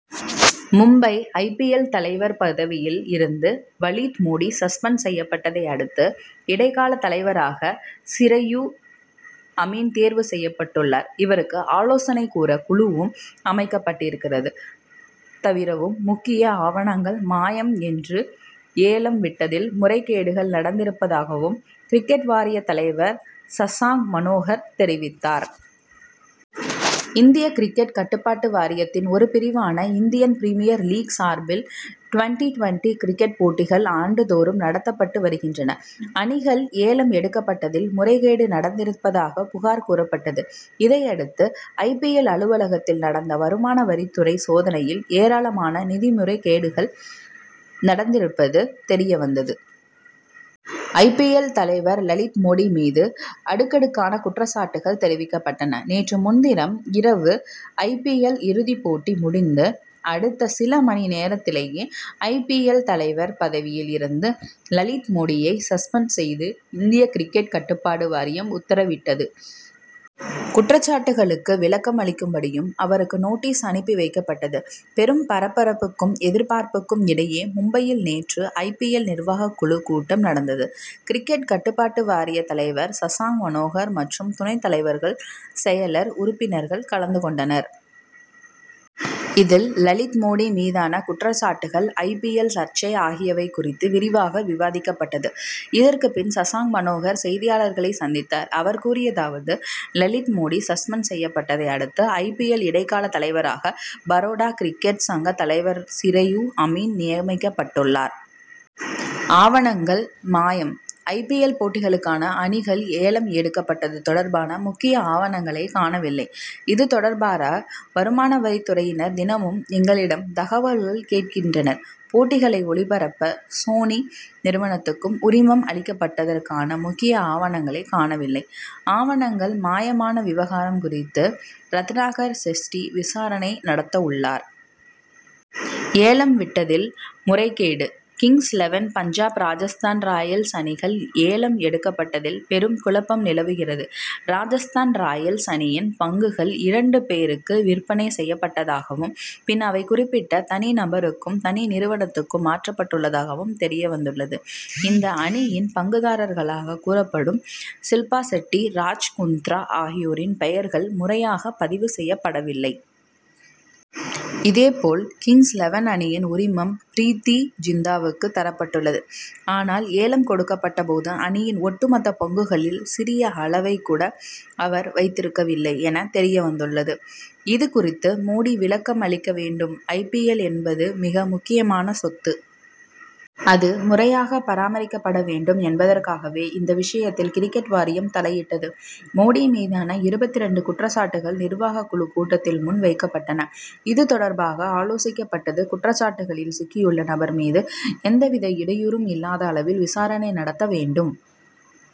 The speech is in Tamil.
மும்பை ஐ. பி. எல். தலைவர் பதவியில் இருந்து லலித் மோடி சஸ்பெண்ட் செய்யப்பட்டதை அடுத்து இடைக்கால தலைவராக சிரயு அமீன் தேர்வு செய்யப்பட்டுள்ளார். இவருக்கு ஆலோசனை கூற குழுவும் அமைக்கப்பட்டிருக்கிறது. தவிரவும் முக்கிய ஆவணங்கள் மாயம் என்றும் ஏலம் விட்டதில் முறைகேடுகள் நடந்திருப்பதாகவும் கிரிக்கெட் வாரியத் தலைவர் சஷாங் மனோகர் தெரிவித்தார். இந்திய கிரிக்கெட் கட்டுப்பாட்டு வாரியத்தின் ஒரு பிரிவான இந்தியன் பிரிமியர் லீக் சார்பில் டுவென்டி-டுவென்டி கிரிக்கெட் போட்டிகள் ஆண்டு தோறும் நடத்தப்பட்டு வருகின்றன. அணிகள் ஏலம் எடுக்கப்பட்டதில் முறைகேடு நடந்திருப்பதாக புகார் கூறப்பட்டது. இதையடுத்து ஐ. பி. எல். அலுவலகத்தில் நடந்த வருமானவரித் துறை சோதனையில் ஏராளமான நிதி முறைகேடுகள் நடந்திருப்பது தெரியவந்தது. ஐ. பி. எல். தலைவர் லலித் மோடி மீது அடுக்கடுக்கான குற்றச்சாட்டுகள் தெரிவிக்கப்பட்டன. நேற்று முன்தினம் இரவு ஐ. பி. எல். இறுதிப் போட்டி முடிந்த அடுத்த சில மணி நேரத்திலேயே ஐ. பி. எல். தலைவர் பதவியில் இருந்து லலித் மோடியை சஸ்பெண்ட் செய்து இந்திய கிரிக்கெட் கட்டுப்பாட்டு வாரியம் உத்தரவிட்டது. குற்றச்சாட்டுகளுக்கு விளக்கம் அளிக்கும்படியும் அவருக்கு நோட்டீஸ் அனுப்பி வைக்கப்பட்டது. பெரும் பரபரப்புக்கும் எதிர்பார்ப்புக்கும் இடையே மும்பையில் நேற்று ஐ. பி. எல். நிர்வாகக் குழு கூட்டம் நடந்தது. கிரிக்கெட் கட்டுப்பாட்டு வாரிய தலைவர் சஷாங் மனோகர் மற்றும் துணைத் தலைவர்கள் செயலர் உறுப்பினர்கள் கலந்து கொண்டனர். இதில் லலித் மோடி மீதான குற்றச்சாட்டுகள் ஐ. பி. எல். சர்ச்சை ஆகியவை குறித்து விரிவாக விவாதிக்கப்பட்டது. இதற்கு பின் சஷாங் மனோகர் செய்தியாளர்களை சந்தித்தார். அவர் கூறியதாவது. லலித் மோடி சஸ்பெண்ட் செய்யப்பட்டதை அடுத்து ஐ. பி. எல். இடைக்கால தலைவராக பரோடா கிரிக்கெட் சங்க தலைவர் சிரயு அமீன் நியமிக்கப்பட்டுள்ளார். ஆவணங்கள் மாயம். ஐ. பி. எல். போட்டிகளுக்கான அணிகள் ஏலம் எடுக்கப்பட்டது தொடர்பான முக்கிய ஆவணங்களை காணவில்லை. இது தொடர்பாக வருமானவரித் துறையினர் தினமும் எங்களிடம் தகவல்கள் கேட்கின்றனர். போட்டிகளை ஒளிபரப்ப சோனி நிறுவனத்துக்கு உரிமம் அளிக்கப்பட்டதற்கான முக்கிய ஆவணங்களை காணவில்லை. ஆவணங்கள் மாயமான விவகாரம் குறித்து ரத்னாகர் ஷெட்டி விசாரணை நடத்தவுள்ளார். ஏலம் விட்டதில் முறைகேடு. Kings Eleven Punjab Rajasthan Royals அணிகள் ஏலம் எடுக்கப்பட்டதில் பெரும் குழப்பம் நிலவுகிறது. ராஜஸ்தான் ராயல்ஸ் அணியின் பங்குகள் இரண்டு பேருக்கு விற்பனை செய்யப்பட்டதாகவும் பின் அவை குறிப்பிட்ட தனி நபருக்கும் தனி நிறுவனத்துக்கும் மாற்றப்பட்டுள்ளதாகவும் தெரியவந்துள்ளது. இந்த அணியின் பங்குதாரர்களாக கூறப்படும் ஷில்பா ஷெட்டி ராஜ் குந்த்ரா ஆகியோரின் பெயர்கள் முறையாக பதிவு செய்யப்படவில்லை. இதேபோல் கிங்ஸ் லெவன் அணியின் உரிமம் ப்ரீத்தி ஜிந்தாவுக்கு தரப்பட்டுள்ளது. ஆனால் ஏலம் கொடுக்கப்பட்டபோது அணியின் ஒட்டுமொத்த பங்குகளில் சிறிய அளவைக் கூட அவர் வைத்திருக்கவில்லை என தெரியவந்துள்ளது. இதுகுறித்து மோடி விளக்கம் அளிக்க வேண்டும். ஐ. பி. எல். என்பது மிக முக்கியமான சொத்து. அது முறையாக பராமரிக்கப்பட வேண்டும் என்பதற்காகவே இந்த விஷயத்தில் கிரிக்கெட் வாரியம் தலையிட்டது. மோடி மீதான இருபத்திரண்டு குற்றச்சாட்டுகள் நிர்வாகக் குழு கூட்டத்தில் முன் வைக்கப் பட்டன. இது தொடர்பாக ஆலோசிக்கப்பட்டது. குற்றச்சாட்டுகளில் சிக்கியுள்ள நபர் மீது எந்தவித இடையூறும் இல்லாத அளவில் விசாரணை நடத்த வேண்டும்